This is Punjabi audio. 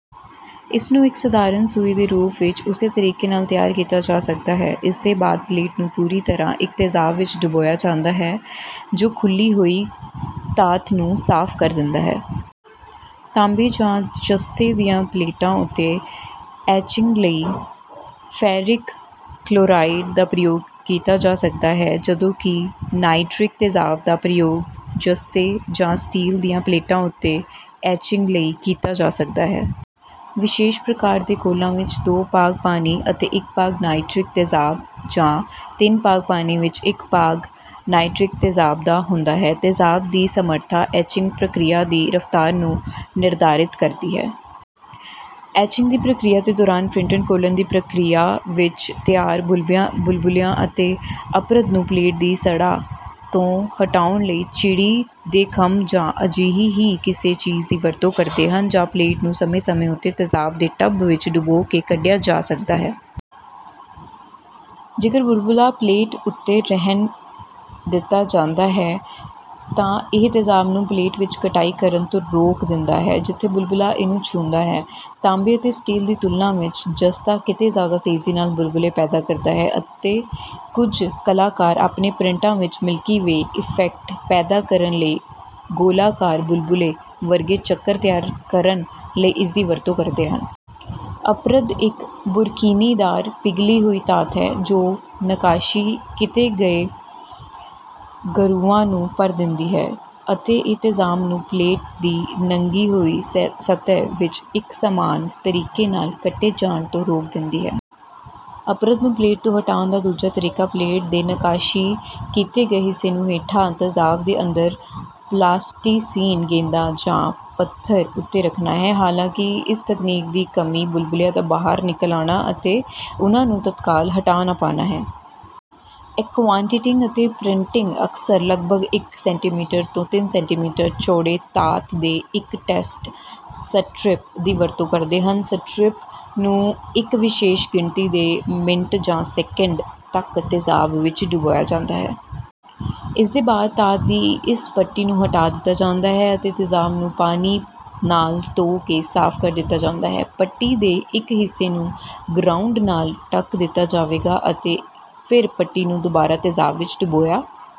ਇਸਨੂੰ ਇੱਕ ਸਧਾਰਨ ਸੂਈ ਦੇ ਰੂਪ ਵਿੱਚ ਉਸੇ ਤਰੀਕੇ ਨਾਲ ਤਿਆਰ ਕੀਤਾ ਜਾ ਸਕਦਾ ਹੈ। ਇਸਦੇ ਬਾਅਦ ਪਲੇਟ ਨੂੰ ਪੂਰੀ ਤਰ੍ਹਾਂ ਇੱਕ ਤੇਜ਼ਾਬ ਵਿੱਚ ਡੁਬੋਇਆ ਜਾਂਦਾ ਹੈ, ਜੋ ਖੁੱਲ੍ਹੀ ਹੋਈ ਧਾਤ ਨੂੰ ਸਾਫ਼ ਕਰ ਦਿੰਦਾ ਹੈ। ਤਾਂਬੇ ਜਾਂ ਜ਼ਸਤੇ ਦੀਆਂ ਪਲੇਟਾਂ ਉੱਤੇ ਐਚਿੰਗ ਲਈ ਫੈਰਿਕ ਕਲੋਰਾਈਡ ਦਾ ਪ੍ਰਯੋਗ ਕੀਤਾ ਜਾ ਸਕਦਾ ਹੈ, ਜਦੋਂ ਕਿ ਨਾਈਟ੍ਰਿਕ ਤੇਜ਼ਾਬ ਦਾ ਪ੍ਰਯੋਗ ਜ਼ਸਤੇ ਜਾਂ ਸਟੀਲ ਦੀਆਂ ਪਲੇਟਾਂ ਉੱਤੇ ਐਚਿੰਗ ਲਈ ਕੀਤਾ ਜਾ ਸਕਦਾ ਹੈ। ਵਿਸ਼ੇਸ਼ ਪ੍ਰਕਾਰ ਦੇ ਘੋਲਾਂ ਵਿੱਚ ਦੋ ਭਾਗ ਪਾਣੀ ਅਤੇ ਇੱਕ ਭਾਗ ਨਾਈਟ੍ਰਿਕ ਤੇਜ਼ਾਬ, ਜਾਂ ਤਿੰਨ ਭਾਗ ਪਾਣੀ ਵਿੱਚ ਇੱਕ ਭਾਗ ਨਾਈਟ੍ਰਿਕ ਤੇਜ਼ਾਬ ਦਾ ਹੁੰਦਾ ਹੈ। ਤੇਜ਼ਾਬ ਦੀ ਸਮਰੱਥਾ ਐਚਿੰਗ ਪ੍ਰਕਿਰਿਆ ਦੀ ਰਫ਼ਤਾਰ ਨੂੰ ਨਿਰਧਾਰਤ ਕਰਦੀ ਹੈ। ਐਚਿੰਗ ਦੀ ਪ੍ਰਕਿਰਿਆ ਦੇ ਦੌਰਾਨ ਪ੍ਰਿੰਟਰ ਘੋਲਣ ਦੀ ਪ੍ਰਕਿਰਿਆ ਵਿੱਚ ਤਿਆਰ ਬੁਲਬੁਲਿਆਂ ਅਤੇ ਅਪਰਦ ਨੂੰ ਪਲੇਟ ਦੀ ਸਤ੍ਹਾ ਤੋਂ ਹਟਾਉਣ ਲਈ ਚਿੜੀ ਦੇ ਖੰਭ ਜਾਂ ਅਜਿਹੀ ਹੀ ਕਿਸੇ ਚੀਜ਼ ਦੀ ਵਰਤੋਂ ਕਰਦੇ ਹਨ, ਜਾਂ ਪਲੇਟ ਨੂੰ ਸਮੇਂ-ਸਮੇਂ ਉੱਤੇ ਤੇਜ਼ਾਬ ਦੇ ਟਬ ਵਿੱਚ ਡੁਬੋ ਕੇ ਕੱਢਿਆ ਜਾ ਸਕਦਾ ਹੈ। ਜੇਕਰ ਬੁਲਬੁਲਾ ਪਲੇਟ ਉੱਤੇ ਰਹਿਣ ਦਿੱਤਾ ਜਾਂਦਾ ਹੈ ਤਾਂ ਇਹ ਤੇਜ਼ਾਬ ਨੂੰ ਪਲੇਟ ਵਿੱਚ ਕਟਾਈ ਕਰਨ ਤੋਂ ਰੋਕ ਦਿੰਦਾ ਹੈ, ਜਿੱਥੇ ਬੁਲਬੁਲਾ ਇਹਨੂੰ ਛੂੰਹਦਾ ਹੈ। ਤਾਂਬੇ ਅਤੇ ਸਟੀਲ ਦੀ ਤੁਲਨਾ ਵਿੱਚ ਜ਼ਸਤਾ ਕਿਤੇ ਜ਼ਿਆਦਾ ਤੇਜ਼ੀ ਨਾਲ ਬੁਲਬੁਲੇ ਪੈਦਾ ਕਰਦਾ ਹੈ, ਅਤੇ ਕੁਝ ਕਲਾਕਾਰ ਆਪਣੇ ਪ੍ਰਿੰਟਾਂ ਵਿੱਚ "ਮਿਲਕੀ ਵੇ" ਇਫੈਕਟ ਪੈਦਾ ਕਰਨ ਲਈ ਗੋਲਾਕਾਰ ਬੁਲਬੁਲੇ ਵਰਗੇ ਚੱਕਰ ਤਿਆਰ ਕਰਨ ਲਈ ਇਸਦੀ ਵਰਤੋਂ ਕਰਦੇ ਹਨ। ਅਪਰਦ ਇੱਕ ਬੁਰਕੀਨੀਦਾਰ ਪਿਘਲੀ ਹੋਈ ਧਾਤ ਹੈ, ਜੋ ਨੱਕਾਸ਼ੀ ਕੀਤੇ ਗਏ ਗਰੂਵਾਂ ਨੂੰ ਭਰ ਦਿੰਦੀ ਹੈ ਅਤੇ ਇਹ ਤੇਜ਼ਾਬ ਨੂੰ ਪਲੇਟ ਦੀ ਨੰਗੀ ਹੋਈ ਸਤਹ ਵਿੱਚ ਇੱਕ ਸਮਾਨ ਤਰੀਕੇ ਨਾਲ ਕੱਟੇ ਜਾਣ ਤੋਂ ਰੋਕ ਦਿੰਦੀ ਹੈ। ਅਪਰਦ ਨੂੰ ਪਲੇਟ ਤੋਂ ਹਟਾਉਣ ਦਾ ਦੂਜਾ ਤਰੀਕਾ ਪਲੇਟ ਦੇ ਨੱਕਾਸ਼ੀ ਕੀਤੇ ਗਏ ਹਿੱਸੇ ਨੂੰ ਹੇਠਾਂ ਤੇਜ਼ਾਬ ਦੇ ਅੰਦਰ ਪਲਾਸਟੀਸੀਨ ਗੇਂਦਾਂ ਜਾਂ ਪੱਥਰ ਉੱਤੇ ਰੱਖਣਾ ਹੈ, ਹਾਲਾਂਕਿ ਇਸ ਤਕਨੀਕ ਦੀ ਇੱਕ ਕਮੀ ਬੁਲਬੁਲਿਆਂ ਦਾ ਬਾਹਰ ਨਿਕਲ ਆਉਣਾ ਅਤੇ ਉਨ੍ਹਾਂ ਨੂੰ ਤਤਕਾਲ ਹਟਾ ਨਾ ਪਾਉਣਾ ਹੈ। ਐਕੁਆਟਿੰਟਿੰਗ ਲਈ ਪ੍ਰਿੰਟਰ ਅਕਸਰ ਲਗਭਗ ਇੱਕ ਸੈਂਟੀਮੀਟਰ ਤੋਂ ਤਿੰਨ ਸੈਂਟੀਮੀਟਰ ਚੌੜੇ ਧਾਤ ਦੇ ਇੱਕ ਟੈਸਟ ਸਟਰਿਪ ਦੀ ਵਰਤੋਂ ਕਰਦੇ ਹਨ। ਸਟਰਿਪ ਨੂੰ ਇੱਕ ਵਿਸ਼ੇਸ਼ ਗਿਣਤੀ ਦੇ ਮਿੰਟ ਜਾਂ ਸੈਕੰਡ ਤੱਕ ਤੇਜ਼ਾਬ ਵਿੱਚ ਡੁਬੋਇਆ ਜਾਂਦਾ ਹੈ। ਇਸਦੇ ਬਾਅਦ ਧਾਤ ਦੀ ਇਸ ਪੱਟੀ ਨੂੰ ਹਟਾ ਦਿੱਤਾ ਜਾਂਦਾ ਹੈ ਅਤੇ ਤੇਜ਼ਾਬ ਨੂੰ ਪਾਣੀ ਨਾਲ ਧੋ ਕੇ ਸਾਫ਼ ਕਰ ਦਿੱਤਾ ਜਾਂਦਾ ਹੈ। ਪੱਟੀ ਦੇ ਇੱਕ ਹਿੱਸੇ ਨੂੰ ਗਰਾਉਂਡ ਨਾਲ ਢਕ ਦਿੱਤਾ ਜਾਵੇਗਾ ਅਤੇ ਫਿਰ ਪੱਟੀ ਨੂੰ ਦੁਬਾਰਾ ਤੇਜ਼ਾਬ ਵਿੱਚ ਡੁਬੋਇਆ